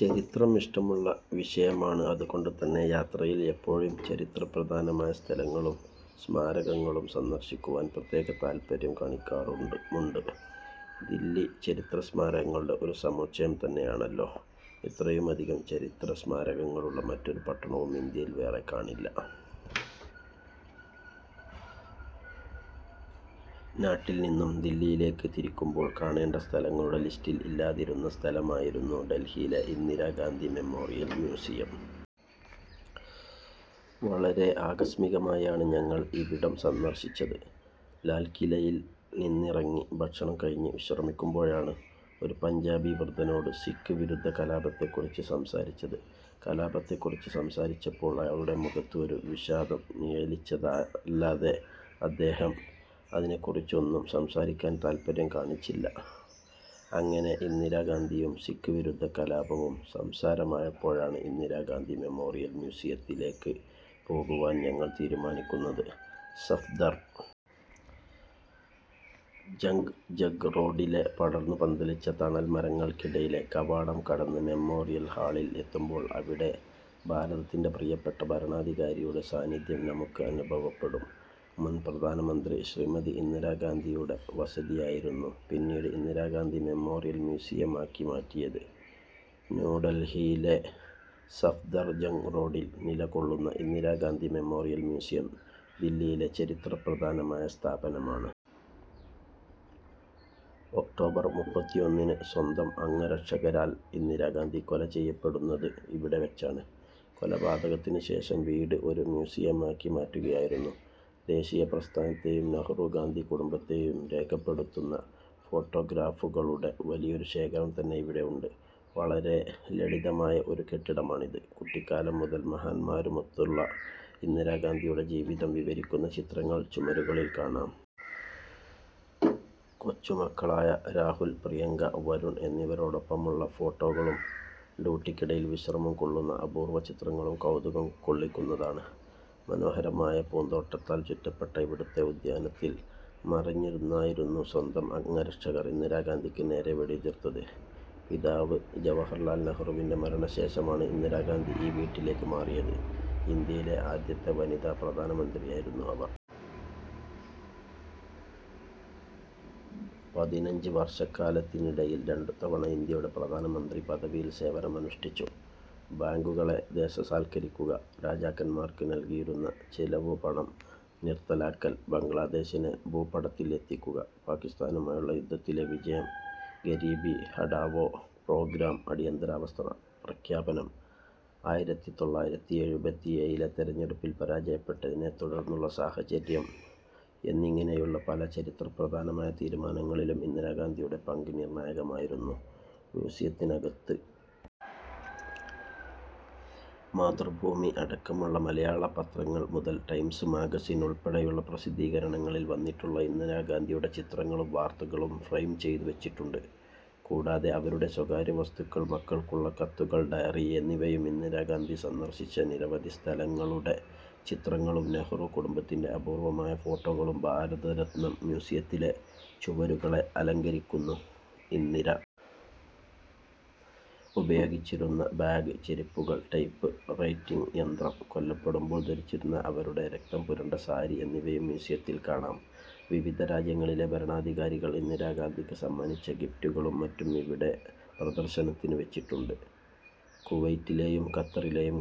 ചരിത്രം ഇഷ്ടമുള്ള വിഷയമാണ്. അതുകൊണ്ട് തന്നെ യാത്രയിൽ എപ്പോഴും ചരിത്രപ്രധാനമായ സ്ഥലങ്ങളും സ്മാരകങ്ങളും സന്ദർശിക്കുവാൻ പ്രത്യേക താൽപര്യം കാണിക്കാറുമുണ്ട്. ദില്ലി ചരിത്രസ്മാരകങ്ങളുടെ ഒരു സമുച്ചയം തന്നെയാണല്ലോ. ഇത്രയുമധികം ചരിത്രസ്മാരകങ്ങളുള്ള മറ്റൊരു പട്ടണവും ഇന്ത്യയിൽ വേറെ കാണില്ല. നാട്ടിൽ നിന്നും ദില്ലിയിലേക്ക് തിരിക്കുമ്പോൾ കാണേണ്ട സ്ഥലങ്ങളുടെ ലിസ്റ്റിൽ ഇല്ലാതിരുന്ന സ്ഥലമായിരുന്നു ഡൽഹിയിലെ ഇന്ദിരാ ഗാന്ധി മെമ്മോറിയൽ മ്യൂസിയം. വളരെ ആകസ്മികമായാണ് ഞങ്ങൾ ഇവിടം സന്ദർശിച്ചത്. ലാൽക്കിലയിൽ നിന്നിറങ്ങി ഭക്ഷണം കഴിഞ്ഞ് വിശ്രമിക്കുമ്പോഴാണ് ഒരു പഞ്ചാബി വൃദ്ധനോട് സിഖ് വിരുദ്ധ കലാപത്തെക്കുറിച്ച് സംസാരിച്ചത്. കലാപത്തെക്കുറിച്ച് സംസാരിച്ചപ്പോൾ അയാളുടെ മുഖത്ത് ഒരു വിഷാദം നിഴലിച്ചതല്ലാതെ അദ്ദേഹം അതിനെക്കുറിച്ച് ഒന്നും സംസാരിക്കാൻ താൽപര്യം കാണിച്ചില്ല. അങ്ങനെ ഇന്ദിരാ ഗാന്ധിയും സിഖ് വിരുദ്ധ കലാപവും സംസാരമായപ്പോഴാണ് ഇന്ദിരാ ഗാന്ധി മെമ്മോറിയൽ മ്യൂസിയത്തിലേക്ക് പോകുവാൻ ഞങ്ങൾ തീരുമാനിക്കുന്നത്. സഫ്ദർ ജംഗ് റോഡിലെ പടർന്നു പന്തലിച്ച തണൽമരങ്ങൾക്കിടയിലെ കവാടം കടന്ന് മെമ്മോറിയൽ ഹാളിൽ എത്തുമ്പോൾ അവിടെ ഭാരതത്തിൻ്റെ പ്രിയപ്പെട്ട ഭരണാധികാരിയുടെ സാന്നിധ്യം നമുക്ക് അനുഭവപ്പെടും. മുൻ പ്രധാനമന്ത്രി ശ്രീമതി ഇന്ദിരാഗാന്ധിയുടെ വസതിയായിരുന്നു പിന്നീട് ഇന്ദിരാഗാന്ധി മെമ്മോറിയൽ മ്യൂസിയമാക്കി മാറ്റിയത്. ന്യൂഡൽഹിയിലെ സഫ്ദർ ജംഗ് റോഡിൽ നിലകൊള്ളുന്ന ഇന്ദിരാഗാന്ധി മെമ്മോറിയൽ മ്യൂസിയം ദില്ലിയിലെ ചരിത്രപ്രധാനമായ സ്ഥാപനമാണ്. ഒക്ടോബർ മുപ്പത്തിയൊന്നിന് സ്വന്തം അംഗരക്ഷകരാൽ ഇന്ദിരാഗാന്ധി കൊലചെയ്യപ്പെടുന്നത് ഇവിടെ വച്ചാണ്. കൊലപാതകത്തിന് ശേഷം വീട് ഒരു മ്യൂസിയമാക്കി മാറ്റുകയായിരുന്നു. ദേശീയ പ്രസ്ഥാനത്തെയും നെഹ്റു ഗാന്ധി കുടുംബത്തെയും രേഖപ്പെടുത്തുന്ന ഫോട്ടോഗ്രാഫുകളുടെ വലിയൊരു ശേഖരം തന്നെ ഇവിടെ ഉണ്ട്. വളരെ ലളിതമായ ഒരു കെട്ടിടമാണിത്. കുട്ടിക്കാലം മുതൽ മഹാൻമാരുമൊത്തുള്ള ഇന്ദിരാഗാന്ധിയുടെ ജീവിതം വിവരിക്കുന്ന ചിത്രങ്ങൾ ചുമരുകളിൽ കാണാം. കൊച്ചുമക്കളായ രാഹുൽ, പ്രിയങ്ക, വരുൺ എന്നിവരോടൊപ്പമുള്ള ഫോട്ടോകളും ഡ്യൂട്ടിക്കിടയിൽ വിശ്രമം കൊള്ളുന്ന അപൂർവ ചിത്രങ്ങളും കൗതുകം കൊള്ളിക്കുന്നതാണ്. മനോഹരമായ പൂന്തോട്ടത്താൽ ചുറ്റപ്പെട്ട ഇവിടുത്തെ ഉദ്യാനത്തിൽ മറഞ്ഞിരുന്നായിരുന്നു സ്വന്തം അംഗരക്ഷകർ ഇന്ദിരാഗാന്ധിക്ക് നേരെ വെടിയുതിർത്തത്. പിതാവ് ജവഹർലാൽ നെഹ്റുവിൻ്റെ മരണശേഷമാണ് ഇന്ദിരാഗാന്ധി ഈ വീട്ടിലേക്ക് മാറിയത്. ഇന്ത്യയിലെ ആദ്യത്തെ വനിതാ പ്രധാനമന്ത്രിയായിരുന്നു അവർ. പതിനഞ്ച് വർഷക്കാലത്തിനിടയിൽ രണ്ടുതവണ ഇന്ത്യയുടെ പ്രധാനമന്ത്രി പദവിയിൽ സേവനമനുഷ്ഠിച്ചു. ബാങ്കുകളെ ദേശസാൽക്കരിക്കുക, രാജാക്കന്മാർക്ക് നൽകിയിരുന്ന ചിലവുപണം നിർത്തലാക്കൽ, ബംഗ്ലാദേശിനെ ഭൂപടത്തിൽ എത്തിക്കുക, പാകിസ്ഥാനുമായുള്ള യുദ്ധത്തിലെ വിജയം, ഗരീബി ഹഠാവോ പ്രോഗ്രാം, അടിയന്തരാവസ്ഥ പ്രഖ്യാപനം, ആയിരത്തി തൊള്ളായിരത്തി എഴുപത്തിയേഴിലെ തിരഞ്ഞെടുപ്പിൽ പരാജയപ്പെട്ടതിനെത്തുടർന്നുള്ള സാഹചര്യം എന്നിങ്ങനെയുള്ള പല ചരിത്രപ്രധാനമായ തീരുമാനങ്ങളിലും ഇന്ദിരാഗാന്ധിയുടെ പങ്ക് നിർണായകമായിരുന്നു. മ്യൂസിയത്തിനകത്ത് മാതൃഭൂമി അടക്കമുള്ള മലയാളപത്രങ്ങൾ മുതൽ ടൈംസ് മാഗസിൻ ഉൾപ്പെടെയുള്ള പ്രസിദ്ധീകരണങ്ങളിൽ വന്നിട്ടുള്ള ഇന്ദിരാഗാന്ധിയുടെ ചിത്രങ്ങളും വാർത്തകളും ഫ്രെയിം ചെയ്തു വച്ചിട്ടുണ്ട്. കൂടാതെ അവരുടെ സ്വകാര്യ വസ്തുക്കൾ, മക്കൾക്കുള്ള കത്തുകൾ, ഡയറി എന്നിവയും ഇന്ദിരാഗാന്ധി സന്ദർശിച്ച നിരവധി സ്ഥലങ്ങളുടെ ചിത്രങ്ങളും നെഹ്റു കുടുംബത്തിൻ്റെ അപൂർവമായ ഫോട്ടോകളും ഭാരതരത്നവും മ്യൂസിയത്തിലെ ചുവരുകളെ അലങ്കരിക്കുന്നു. ഇന്ദിര ഉപയോഗിച്ചിരുന്ന ബാഗ്, ചെരിപ്പുകൾ, ടൈപ് റൈറ്റിങ് യന്ത്രം, കൊല്ലപ്പെടുമ്പോൾ ധരിച്ചിരുന്ന അവരുടെ രക്തം പുരണ്ട സാരി എന്നിവയും മ്യൂസിയത്തിൽ കാണാം. വിവിധ രാജ്യങ്ങളിലെ ഭരണാധികാരികൾ ഇന്ദിരാഗാന്ധിക്ക് സമ്മാനിച്ച ഗിഫ്റ്റുകളും മറ്റും ഇവിടെ പ്രദർശനത്തിന് വച്ചിട്ടുണ്ട്. കുവൈറ്റിലെയും ഖത്തറിലെയും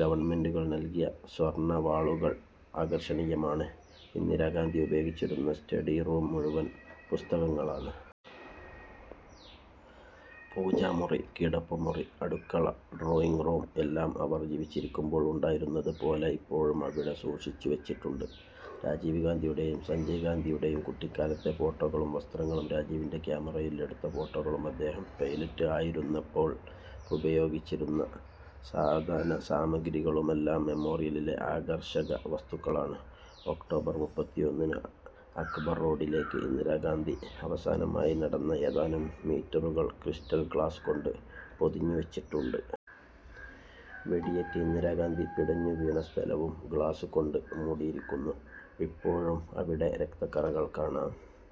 ഗവൺമെന്റുകൾ നൽകിയ സ്വർണവാളുകൾ ആകർഷണീയമാണ്. ഇന്ദിരാഗാന്ധി ഉപയോഗിച്ചിരുന്ന സ്റ്റഡി റൂം മുഴുവൻ പുസ്തകങ്ങളാണ്. പൂജാമുറി, കിടപ്പുമുറി, അടുക്കള, ഡ്രോയിങ് റൂം എല്ലാം അവർ ജീവിച്ചിരിക്കുമ്പോൾ ഉണ്ടായിരുന്നതുപോലെ ഇപ്പോഴും അവിടെ സൂക്ഷിച്ചുവച്ചിട്ടുണ്ട്. രാജീവ് ഗാന്ധിയുടെയും സഞ്ജയ് ഗാന്ധിയുടെയും കുട്ടിക്കാലത്തെ ഫോട്ടോകളും വസ്ത്രങ്ങളും രാജീവിൻ്റെ ക്യാമറയിൽ എടുത്ത ഫോട്ടോകളും അദ്ദേഹം പൈലറ്റ് ആയിരുന്നപ്പോൾ ഉപയോഗിച്ചിരുന്ന സാധനസാമഗ്രികളുമെല്ലാം മെമ്മോറിയലിലെ ആകർഷക വസ്തുക്കളാണ്. ഒക്ടോബർ മുപ്പത്തിയൊന്നിന് അക്ബർ റോഡിലേക്ക് ഇന്ദിരാഗാന്ധി അവസാനമായി നടന്ന ഏതാനും മീറ്ററുകൾ ക്രിസ്റ്റൽ ഗ്ലാസ് കൊണ്ട് പൊതിഞ്ഞുവച്ചിട്ടുണ്ട്. വെടിയേറ്റ് ഇന്ദിരാഗാന്ധി പിടഞ്ഞുവീണ സ്ഥലവും ഗ്ലാസ് കൊണ്ട് മൂടിയിരിക്കുന്നു. ഇപ്പോഴും അവിടെ രക്തക്കറകൾ കാണാം.